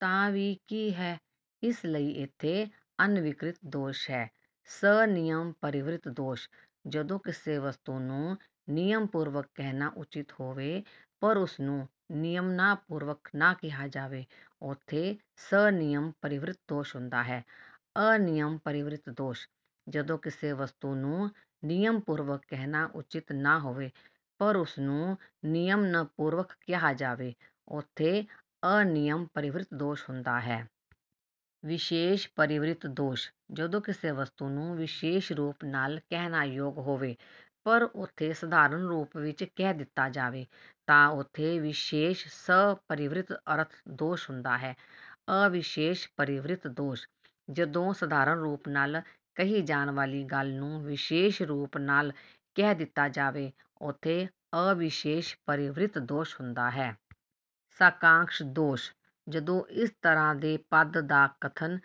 ਤਾਂ ਵੀ ਕੀ ਹੈ? ਇਸ ਲਈ ਇੱਥੇ ਅਨਵੀਕ੍ਰਿਤ ਦੋਸ਼ ਹੈ। ਸਨਿਯਮਪਰਿਵ੍ਰਿਤ ਦੋਸ਼: ਜਦੋਂ ਕਿਸੇ ਵਸਤੂ ਨੂੰ ਨਿਯਮ ਪੂਰਵਕ ਕਹਿਣਾ ਉਚਿੱਤ ਹੋਵੇ ਪਰ ਉਸਨੂੰ ਨਿਯਮਨਾਪੂਰਵਕ ਨਾ ਕਿਹਾ ਜਾਵੇ, ਉਥੇ 'ਸਨਿਯਮਪਰਿਵ੍ਰਿਤ' ਦੋਸ਼ ਹੁੰਦਾ ਹੈ। ਅਨਿਯਮਪਰਿਵ੍ਰਿਤ ਦੋਸ਼: ਜਦੋਂ ਕਿਸੇ ਵਸਤੂ ਨੂੰ ਨਿਯਮ ਪੂਰਵਕ ਕਹਿਣਾ ਉਚਿੱਤ ਨਾ ਹੋਵੇ ਪਰ ਉਸਨੂੰ ਨਿਯਮਨਪੂਰਵਕ ਕਿਹਾ ਜਾਵੇ, ਉਥੇ 'ਅਨਿਯਮਪਰਿਵ੍ਰਿਤ' ਦੋਸ਼ ਹੁੰਦਾ ਹੈ। ਵਿਸ਼ੇਸ਼ਪਰਿਵ੍ਰਿਤ ਦੋਸ਼: ਜਦੋਂ ਕਿਸੇ ਵਸਤੂ ਨੂੰ ਵਿਸ਼ੇਸ਼ ਰੂਪ ਨਾਲ ਕਹਿਣਾ ਯੋਗ ਹੋਵੇ, ਪਰ ਉਥੇ ਸਧਾਰਨ ਰੂਪ ਵਿੱਚ ਕਹਿ ਦਿੱਤਾ ਜਾਵੇ ਤਾਂ ਉਥੇ 'ਵਿਸ਼ੇਸ਼ਪਰਿਵ੍ਰਿਤ' ਅਰਥ ਦੋਸ਼ ਹੁੰਦਾ ਹੈ। ਅਵਿਸ਼ੇਸ਼ਪਰਿਵ੍ਰਿਤ ਦੋਸ਼: ਜਦੋਂ ਸਧਾਰਨ ਰੂਪ ਨਾਲ ਕਹੀ ਜਾਣ ਵਾਲੀ ਗੱਲ ਨੂੰ ਵਿਸ਼ੇਸ਼ ਰੂਪ ਨਾਲ ਕਹਿ ਦਿੱਤਾ ਜਾਵੇ, ਉਥੇ 'ਅਵਿਸ਼ੇਸ਼ਪਰਿਵ੍ਰਿਤ' ਦੋਸ਼ ਹੁੰਦਾ ਹੈ। ਸਾਕਾਂਕਸ਼ ਦੋਸ਼: ਜਦੋਂ ਇਸ ਤਰ੍ਹਾਂ ਦੇ ਪਦ ਦਾ ਕਥਨ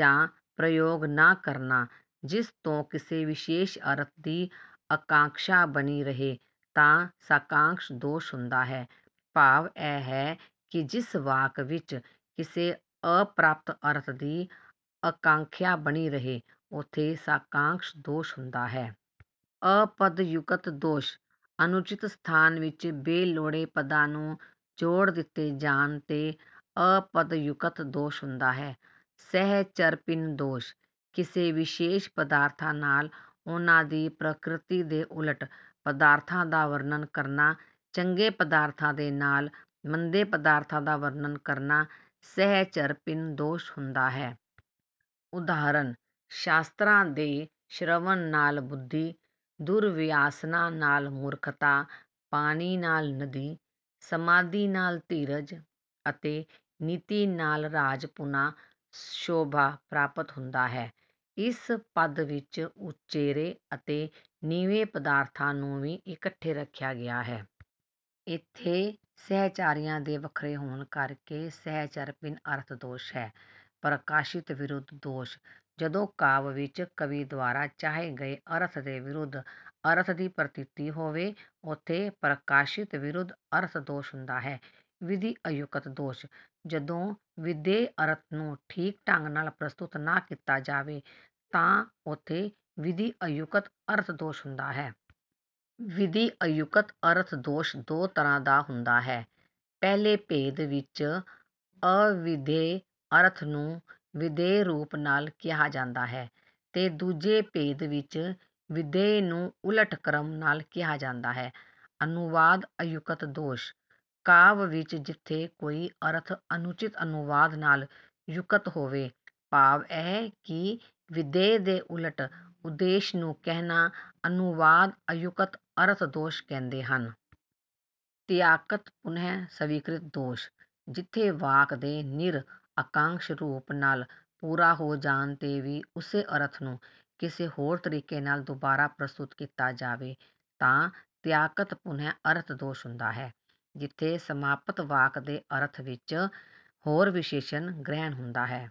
ਜਾਂ ਪ੍ਰਯੋਗ ਨਾ ਕਰਨਾ ਜਿਸਤੋਂ ਕਿਸੇ ਵਿਸ਼ੇਸ਼ ਅਰਥ ਦੀ ਅਕਾਂਕਸ਼ਾ ਬਣੀ ਰਹੇ ਤਾਂ 'ਸਾਕਾਂਕਸ਼' ਦੋਸ਼ ਹੁੰਦਾ ਹੈ। ਭਾਵ ਇਹ ਹੈ ਕਿ ਜਿਸ ਵਾਕ ਵਿੱਚ ਕਿਸੇ ਅਪ੍ਰਾਪਤ ਅਰਥ ਦੀ ਅਕਾਂਖਿਆ ਬਣੀ ਰਹੇ, ਉਥੇ 'ਸਾਕਾਂਕਸ਼' ਦੋਸ਼ ਹੁੰਦਾ ਹੈ। ਅਪਦਯੁਕਤ ਦੋਸ਼: ਅਨੁਚਿਤ ਸਥਾਨ ਵਿੱਚ ਬੇਲੋੜੇ ਪਦਾਂ ਨੂੰ ਜੋੜ ਦਿੱਤੇ ਜਾਣ 'ਤੇ 'ਅਪਦਯੁਕਤ' ਦੋਸ਼ ਹੁੰਦਾ ਹੈ। ਸਹਚਰਭਿੰਨ ਦੋਸ਼: ਕਿਸੇ ਵਿਸ਼ੇਸ਼ ਪਦਾਰਥਾਂ ਨਾਲ ਉਨ੍ਹਾਂ ਦੀ ਪ੍ਰਕਿਰਤੀ ਦੇ ਉਲਟ ਪਦਾਰਥਾਂ ਦਾ ਵਰਣਨ ਕਰਨਾ; ਚੰਗੇ ਪਦਾਰਥਾਂ ਦੇ ਨਾਲ ਮੰਦੇ ਪਦਾਰਥਾਂ ਦਾ ਵਰਣਨ ਕਰਨਾ 'ਸਹਚਰਭਿੰਨ' ਦੋਸ਼ ਹੁੰਦਾ ਹੈ। ਉਦਾਹਰਣ- ਸ਼ਾਸਤਰਾਂ ਦੇ ਸ਼੍ਰਵਣ ਨਾਲ ਬੁੱਧੀ, ਦੁਰਵਿਆਸਨਾਂ ਨਾਲ ਮੂਰਖਤਾ, ਪਾਣੀ ਨਾਲ ਨਦੀ, ਸਮਾਧੀ ਨਾਲ ਧੀਰਜ ਅਤੇ ਨੀਤੀ ਨਾਲ ਰਾਜਪੁਣਾ ਸ਼ੋਭਾ ਪ੍ਰਾਪਤ ਹੁੰਦਾ ਹੈ। ਇਸ ਪਦ ਵਿੱਚ ਉਚੇਰੇ ਅਤੇ ਨੀਵੇਂ ਪਦਾਰਥਾਂ ਨੂੰ ਵੀ ਇਕੱਠੇ ਰੱਖਿਆ ਗਿਆ ਹੈ। ਇੱਥੇ ਸਹਿਚਾਰੀਆਂ ਦੇ ਵੱਖਰੇ ਹੋਣ ਕਰਕੇ 'ਸਹਚਰਭਿੰਨ' ਅਰਥ ਦੋਸ਼ ਹੈ। ਪ੍ਰਕਾਸ਼ਿਤਵਿਰੁੱਧ ਦੋਸ਼: ਜਦੋਂ ਕਾਵਿ ਵਿੱਚ ਕਵੀ ਦੁਆਰਾ ਚਾਹੇ ਗਏ ਅਰਥ ਦੇ ਵਿਰੁੱਧ ਅਰਥ ਦੀ ਪ੍ਰਤੀਤੀ ਹੋਵੇ ਉਥੇ 'ਪ੍ਰਕਾਸ਼ਿਤਵਿਰੁੱਧ' ਅਰਥ ਦੋਸ਼ ਹੁੰਦਾ ਹੈ। ਵਿਧੀਅਯੁਕਤ ਦੋਸ਼: ਜਦੋਂ ਵਿਧੇਯ ਅਰਥ ਨੂੰ ਠੀਕ ਢੰਗ ਨਾਲ ਪ੍ਰਸਤੁਤ ਨਾ ਕੀਤਾ ਜਾਵੇ, ਤਾਂ ਉਥੇ 'ਵਿਧੀਅਯੁਕਤ' ਅਰਥ ਦੋਸ਼ ਹੁੰਦਾ ਹੈ। ਵਿਧੀਅਯੁਕਤ ਅਰਥ ਦੋਸ਼ ਦੋ ਤਰ੍ਹਾਂ ਦਾ ਹੁੰਦਾ ਹੈ- ਪਹਿਲੇ ਭੇਦ ਵਿੱਚ ਅਵਿਧੇਯ ਅਰਥ ਨੂੰ ਵਿਧੇਯ ਰੂਪ ਨਾਲ ਕਿਹਾ ਜਾਂਦਾ ਹੈ ਤੇ ਦੂਜੇ ਭੇਦ ਵਿੱਚ ਵਿਧੇਯ ਨੂੰ ਉਲਟ ਕ੍ਰਮ ਨਾਲ ਕਿਹਾ ਜਾਂਦਾ ਹੈ। ਅਨੁਵਾਦ-ਅਯੁਕਤ ਦੋਸ਼: ਕਾਵਿ ਵਿੱਚ ਜਿਥੇ ਕੋਈ ਅਰਥ ਅਨੁਚਿਤ ਅਨੁਵਾਦ ਨਾਲ ਯੁਕਤ ਹੋਵੇ, ਭਾਵ ਇਹ ਕਿ ਵਿਧੇਯ ਦੇ ਉਲਟ ਉਦੇਸ਼ ਨੂੰ ਕਹਿਣਾ 'ਅਨੁਵਾਦ-ਅਯੁਕਤ' ਅਰਥ ਦੋਸ਼ ਕਹਿੰਦੇ ਹਨ। ਤਿਆਕਤਪੁਨਹ-ਸਵੀਕ੍ਰਿਤ ਦੋਸ਼: ਜਿਥੇ ਵਾਕ ਦੇ ਨਿਰ-ਅਕਾਂਕਸ਼ ਰੂਪ ਨਾਲ ਪੂਰਾ ਹੋ ਜਾਣ 'ਤੇ ਵੀ ਉਸੇ ਅਰਥ ਨੂੰ ਕਿਸੇ ਹੋਰ ਤਰੀਕੇ ਨਾਲ ਦੁਬਾਰਾ ਪ੍ਰਸਤੁਤ ਕੀਤਾ ਜਾਵੇ ਤਾਂ 'ਤਿਆਕਤਪੁਨਹ' ਅਰਥ ਦੋਸ਼ ਹੁੰਦਾ ਹੈ। ਜਿਥੇ ਸਮਾਪਤ ਵਾਕ ਦੇ ਅਰਥ ਵਿੱਚ ਹੋਰ ਵਿਸ਼ੇਸ਼ਣ ਗ੍ਰਹਿਣ ਹੁੰਦਾ ਹੈ